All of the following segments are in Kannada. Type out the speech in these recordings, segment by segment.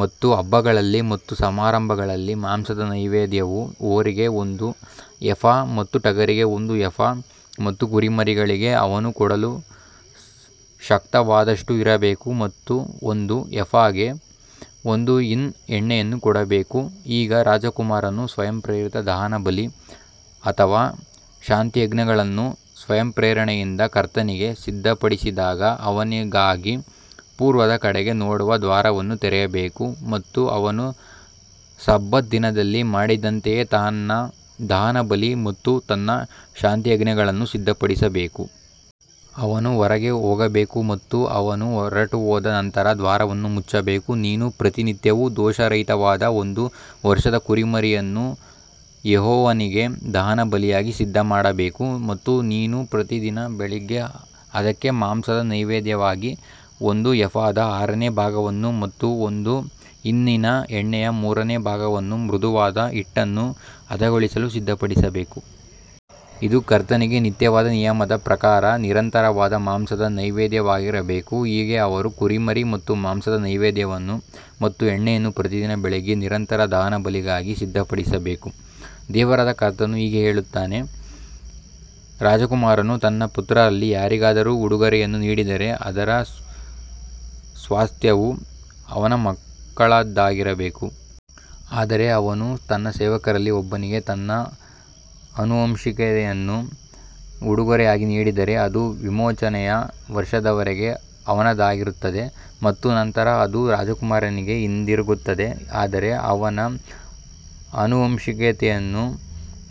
ಮತ್ತು ಹಬ್ಬಗಳಲ್ಲಿ ಮತ್ತು ಸಮಾರಂಭಗಳಲ್ಲಿ ಮಾಂಸದ ನೈವೇದ್ಯವು ಹೋರಿಗೆ ಒಂದು ಎಫಾ ಮತ್ತು ಟಗರಿಗೆ ಒಂದು ಎಫಾ ಮತ್ತು ಕುರಿಮರಿಗಳಿಗೆ ಅವನು ಕೊಡಲು ಶಕ್ತವಾದಷ್ಟು ಇರಬೇಕು ಮತ್ತು ಒಂದು ಎಫಾಗೆ ಒಂದು ಹಿನ್ ಎಣ್ಣೆಯನ್ನು ಕೊಡಬೇಕು. ಈಗ ರಾಜಕುಮಾರನು ಸ್ವಯಂಪ್ರೇರಿತ ದಹನಬಲಿ ಅಥವಾ ಶಾಂತಿಯಜ್ಞಗಳನ್ನು ಸ್ವಯಂಪ್ರೇರಣೆಯಿಂದ ಕರ್ತನಿಗೆ ಸಿದ್ಧಪಡಿಸಿದಾಗ ಅವನಿಗಾಗಿ ಪೂರ್ವದ ಕಡೆಗೆ ನೋಡುವ ದ್ವಾರವನ್ನು ತೆರೆಯಬೇಕು ಮತ್ತು ಅವನು ಸಬ್ಬತ್ ದಿನದಲ್ಲಿ ಮಾಡಿದಂತೆಯೇ ತನ್ನ ದಹನಬಲಿ ಮತ್ತು ತನ್ನ ಶಾಂತಿಯಜ್ಞಗಳನ್ನು ಸಿದ್ಧಪಡಿಸಬೇಕು. ಅವನು ಹೊರಗೆ ಹೋಗಬೇಕು ಮತ್ತು ಅವನು ಹೊರಟುಹೋದ ನಂತರ ದ್ವಾರವನ್ನು ಮುಚ್ಚಬೇಕು. ನೀನು ಪ್ರತಿನಿತ್ಯವೂ ದೋಷರಹಿತವಾದ ಒಂದು ವರ್ಷದ ಕುರಿಮರಿಯನ್ನು ಯೆಹೋವನಿಗೆ ದಹನಬಲಿಯಾಗಿ ಸಿದ್ಧಮಾಡಬೇಕು. ಮತ್ತು ನೀನು ಪ್ರತಿ ದಿನ ಬೆಳಿಗ್ಗೆ ಅದಕ್ಕೆ ಮಾಂಸದ ನೈವೇದ್ಯವಾಗಿ ಒಂದು ಎಫಾದ ಆರನೇ ಭಾಗವನ್ನು ಮತ್ತು ಒಂದು ಹಿನ್ನಿನ ಎಣ್ಣೆಯ ಮೂರನೇ ಭಾಗವನ್ನು ಮೃದುವಾದ ಹಿಟ್ಟನ್ನು ಹದಗೊಳಿಸಲು ಸಿದ್ಧಪಡಿಸಬೇಕು. ಇದು ಕರ್ತನಿಗೆ ನಿತ್ಯವಾದ ನಿಯಮದ ಪ್ರಕಾರ ನಿರಂತರವಾದ ಮಾಂಸದ ನೈವೇದ್ಯವಾಗಿರಬೇಕು. ಹೀಗೆ ಅವರು ಕುರಿಮರಿ ಮತ್ತು ಮಾಂಸದ ನೈವೇದ್ಯವನ್ನು ಮತ್ತು ಎಣ್ಣೆಯನ್ನು ಪ್ರತಿದಿನ ಬೆಳಿಗ್ಗೆ ನಿರಂತರ ದಹನಬಲಿಗಾಗಿ ಸಿದ್ಧಪಡಿಸಬೇಕು. ದೇವರಾದ ಕರ್ತನು ಹೀಗೆ ಹೇಳುತ್ತಾನೆ, ರಾಜಕುಮಾರನು ತನ್ನ ಪುತ್ರರಲ್ಲಿ ಯಾರಿಗಾದರೂ ಉಡುಗೊರೆಯನ್ನು ನೀಡಿದರೆ ಅದರ ಸ್ವಾಸ್ತ್ಯವು ಅವನ ಮಕ್ಕಳದ್ದಾಗಿರಬೇಕು. ಆದರೆ ಅವನು ತನ್ನ ಸೇವಕರಲ್ಲಿ ಒಬ್ಬನಿಗೆ ತನ್ನ ಆನುವಂಶಿಕತೆಯನ್ನು ಉಡುಗೊರೆಯಾಗಿ ನೀಡಿದರೆ, ಅದು ವಿಮೋಚನೆಯ ವರ್ಷದವರೆಗೆ ಅವನದಾಗಿರುತ್ತದೆ ಮತ್ತು ನಂತರ ಅದು ರಾಜಕುಮಾರನಿಗೆ ಹಿಂದಿರುಗುತ್ತದೆ. ಆದರೆ ಅವನ ಆನುವಂಶಿಕತೆಯು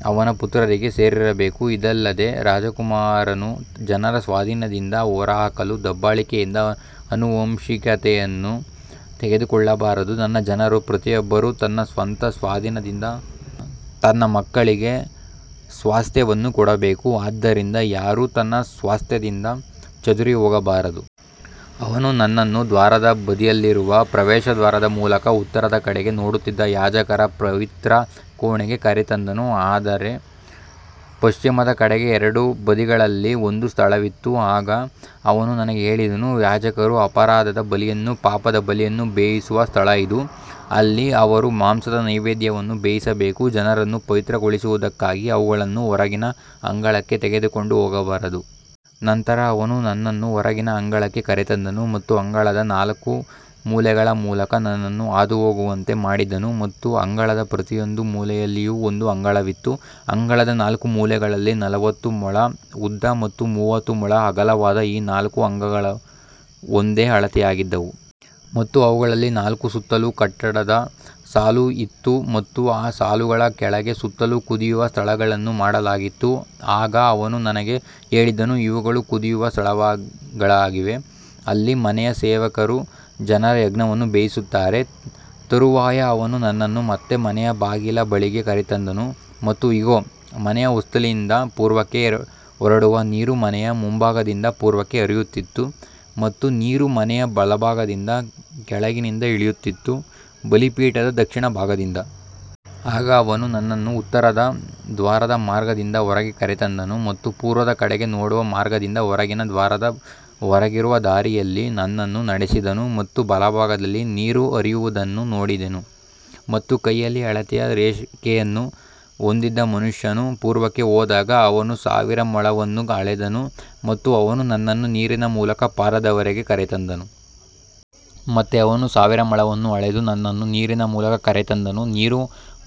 ಅವನ ಪುತ್ರರಿಗೆ ಸೇರಿರಬೇಕು. ಇದಲ್ಲದೆ ರಾಜಕುಮಾರನು ಜನರ ಸ್ವಾಧೀನದಿಂದ ಹೊರಹಾಕಲು ದಬ್ಬಾಳಿಕೆಯಿಂದ ಆನುವಂಶಿಕತೆಯನ್ನು ತೆಗೆದುಕೊಳ್ಳಬಾರದು. ನನ್ನ ಜನರು ಪ್ರತಿಯೊಬ್ಬರೂ ತಮ್ಮ ಸ್ವಂತ ಸ್ವಾಧೀನದಿಂದ ತಮ್ಮ ಮಕ್ಕಳಿಗೆ ಸ್ವಾಸ್ತ್ಯವನ್ನು ಕೊಡಬೇಕು, ಆದ್ದರಿಂದ ಯಾರೂ ತನ್ನ ಸ್ವಾಸ್ತ್ಯದಿಂದ ಚದುರಿಹೋಗಬಾರದು. ಅವನು ನನ್ನನ್ನು ದ್ವಾರದ ಬದಿಯಲ್ಲಿರುವ ಪ್ರವೇಶದ್ವಾರದ ಮೂಲಕ ಉತ್ತರದ ಕಡೆಗೆ ನೋಡುತ್ತಿದ್ದ ಯಾಜಕರ ಪವಿತ್ರ ಕೋಣೆಗೆ ಕರೆತಂದನು. ಅದರ ಪಶ್ಚಿಮದ ಕಡೆಗೆ ಎರಡು ಬದಿಗಳಲ್ಲಿ ಒಂದು ಸ್ಥಳವಿತ್ತು. ಆಗ ಅವನು ನನಗೆ ಹೇಳಿದನು, ಯಾಜಕರು ಅಪರಾಧದ ಬಲಿಯನ್ನೂ ಪಾಪದ ಬಲಿಯನ್ನೂ ಬೇಯಿಸುವ ಸ್ಥಳ ಇದು. ಅಲ್ಲಿ ಅವರು ಮಾಂಸದ ನೈವೇದ್ಯವನ್ನು ಬೇಯಿಸಬೇಕು, ಜನರನ್ನು ಪವಿತ್ರಗೊಳಿಸುವುದಕ್ಕಾಗಿ ಅವುಗಳನ್ನು ಹೊರಗಿನ ಅಂಗಳಕ್ಕೆ ತೆಗೆದುಕೊಂಡು ಹೋಗಬಾರದು. ನಂತರ ಅವನು ನನ್ನನ್ನು ಹೊರಗಿನ ಅಂಗಳಕ್ಕೆ ಕರೆತಂದನು ಮತ್ತು ಅಂಗಳದ ನಾಲ್ಕು ಮೂಲೆಗಳ ಮೂಲಕ ನನ್ನನ್ನು ಹಾದುಹೋಗುವಂತೆ ಮಾಡಿದನು ಮತ್ತು ಅಂಗಳದ ಪ್ರತಿಯೊಂದು ಮೂಲೆಯಲ್ಲಿಯೂ ಒಂದು ಅಂಗಳವಿತ್ತು. ಅಂಗಳದ ನಾಲ್ಕು ಮೂಲೆಗಳಲ್ಲಿ ನಲವತ್ತು ಮೊಳ ಉದ್ದ ಮತ್ತು ಮೂವತ್ತು ಮೊಳ ಅಗಲವಾದ ಈ ನಾಲ್ಕು ಅಂಗಳಗಳು ಒಂದೇ ಅಳತೆಯವಾಗಿದ್ದವು. ಮತ್ತು ಅವುಗಳಲ್ಲಿ ನಾಲ್ಕೂ ಸುತ್ತಲೂ ಕಟ್ಟಡದ ಸಾಲು ಇತ್ತು ಮತ್ತು ಆ ಸಾಲುಗಳ ಕೆಳಗೆ ಸುತ್ತಲೂ ಕುದಿಯುವ ಸ್ಥಳಗಳನ್ನು ಮಾಡಲಾಗಿತ್ತು. ಆಗ ಅವನು ನನಗೆ ಹೇಳಿದನು, ಇವುಗಳು ಕುದಿಯುವ ಸ್ಥಳಗಳಾಗಿವೆ, ಅಲ್ಲಿ ಮನೆಯ ಸೇವಕರು ಜನರ ಯಜ್ಞವನ್ನು ಬೇಯಿಸುತ್ತಾರೆ. ತರುವಾಯ ಅವನು ನನ್ನನ್ನು ಮತ್ತೆ ಮನೆಯ ಬಾಗಿಲ ಬಳಿಗೆ ಕರೆತಂದನು ಮತ್ತು ಇಗೋ, ಮನೆಯ ಹೊಸ್ತಿಲಿಂದ ಪೂರ್ವಕ್ಕೆ ಹೊರಡುವ ನೀರು ಮನೆಯ ಮುಂಭಾಗದಿಂದ ಪೂರ್ವಕ್ಕೆ ಹರಿಯುತ್ತಿತ್ತು ಮತ್ತು ನೀರು ಮನೆಯ ಬಲಭಾಗದಿಂದ ಕೆಳಗಿನಿಂದ ಇಳಿಯುತ್ತಿತ್ತು, ಬಲಿಪೀಠದ ದಕ್ಷಿಣ ಭಾಗದಿಂದ. ಆಗ ಅವನು ನನ್ನನ್ನು ಉತ್ತರದ ದ್ವಾರದ ಮಾರ್ಗದಿಂದ ಹೊರಗೆ ಕರೆತಂದನು ಮತ್ತು ಪೂರ್ವದ ಕಡೆಗೆ ನೋಡುವ ಮಾರ್ಗದಿಂದ ಹೊರಗಿನ ದ್ವಾರದ ಹೊರಗಿರುವ ದಾರಿಯಲ್ಲಿ ನನ್ನನ್ನು ನಡೆಸಿದನು ಮತ್ತು ಬಲಭಾಗದಲ್ಲಿ ನೀರು ಹರಿಯುವುದನ್ನು ನೋಡಿದೆನು. ಮತ್ತು ಕೈಯಲ್ಲಿ ಅಳತೆಯ ರೇಖೆಯನ್ನು ಹೊಂದಿದ್ದ ಮನುಷ್ಯನು ಪೂರ್ವಕ್ಕೆ ಹೋದಾಗ ಅವನು ಸಾವಿರ ಮೊಳವನ್ನು ಅಳೆದನು ಮತ್ತು ಅವನು ನನ್ನನ್ನು ನೀರಿನ ಮೂಲಕ ಪಾದದವರೆಗೆ ಕರೆತಂದನು. ಮತ್ತೆ ಅವನು ಸಾವಿರ ಮೊಳವನ್ನು ಅಳೆದು ನನ್ನನ್ನು ನೀರಿನ ಮೂಲಕ ಕರೆತಂದನು, ನೀರು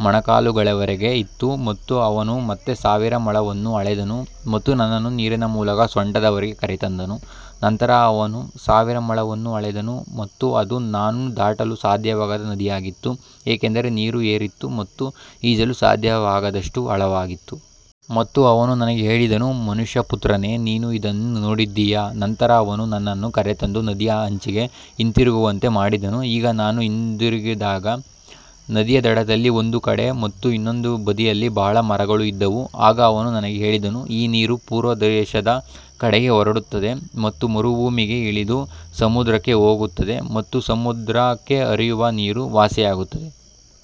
ಮೊಣಕಾಲುಗಳವರೆಗೆ ಇತ್ತು. ಮತ್ತು ಅವನು ಮತ್ತೆ ಸಾವಿರ ಮೊಳವನ್ನು ಅಳೆದನು ಮತ್ತು ನನ್ನನ್ನು ನೀರಿನ ಮೂಲಕ ಸೊಂಟದವರೆಗೆ ಕರೆತಂದನು. ನಂತರ ಅವನು ಸಾವಿರ ಮೊಳವನ್ನು ಅಳೆದನು ಮತ್ತು ಅದು ನಾನು ದಾಟಲು ಸಾಧ್ಯವಾಗದ ನದಿಯಾಗಿತ್ತು, ಏಕೆಂದರೆ ನೀರು ಏರಿತ್ತು ಮತ್ತು ಈಜಲು ಸಾಧ್ಯವಾಗದಷ್ಟು ಆಳವಾಗಿತ್ತು. ಮತ್ತು ಅವನು ನನಗೆ ಹೇಳಿದನು, ಮನುಷ್ಯಪುತ್ರನೇ, ನೀನು ಇದನ್ನು ನೋಡಿದ್ದೀಯಾ. ನಂತರ ಅವನು ನನ್ನನ್ನು ಕರೆತಂದು ನದಿಯ ಅಂಚಿಗೆ ಹಿಂತಿರುಗುವಂತೆ ಮಾಡಿದನು. ಈಗ ನಾನು ಹಿಂದಿರುಗಿದಾಗ ನದಿಯ ದಡದಲ್ಲಿ ಒಂದು ಕಡೆ ಮತ್ತು ಇನ್ನೊಂದು ಬದಿಯಲ್ಲಿ ಬಹಳ ಮರಗಳು ಇದ್ದವು. ಆಗ ಅವನು ನನಗೆ ಹೇಳಿದನು, ಈ ನೀರು ಪೂರ್ವ ದೇಶದ ಕಡೆಗೆ ಹೊರಡುತ್ತದೆ ಮತ್ತು ಮರುಭೂಮಿಗೆ ಇಳಿದು ಸಮುದ್ರಕ್ಕೆ ಹೋಗುತ್ತದೆ ಮತ್ತು ಸಮುದ್ರಕ್ಕೆ ಹರಿಯುವ ನೀರು ವಾಸಿಯಾಗುತ್ತದೆ.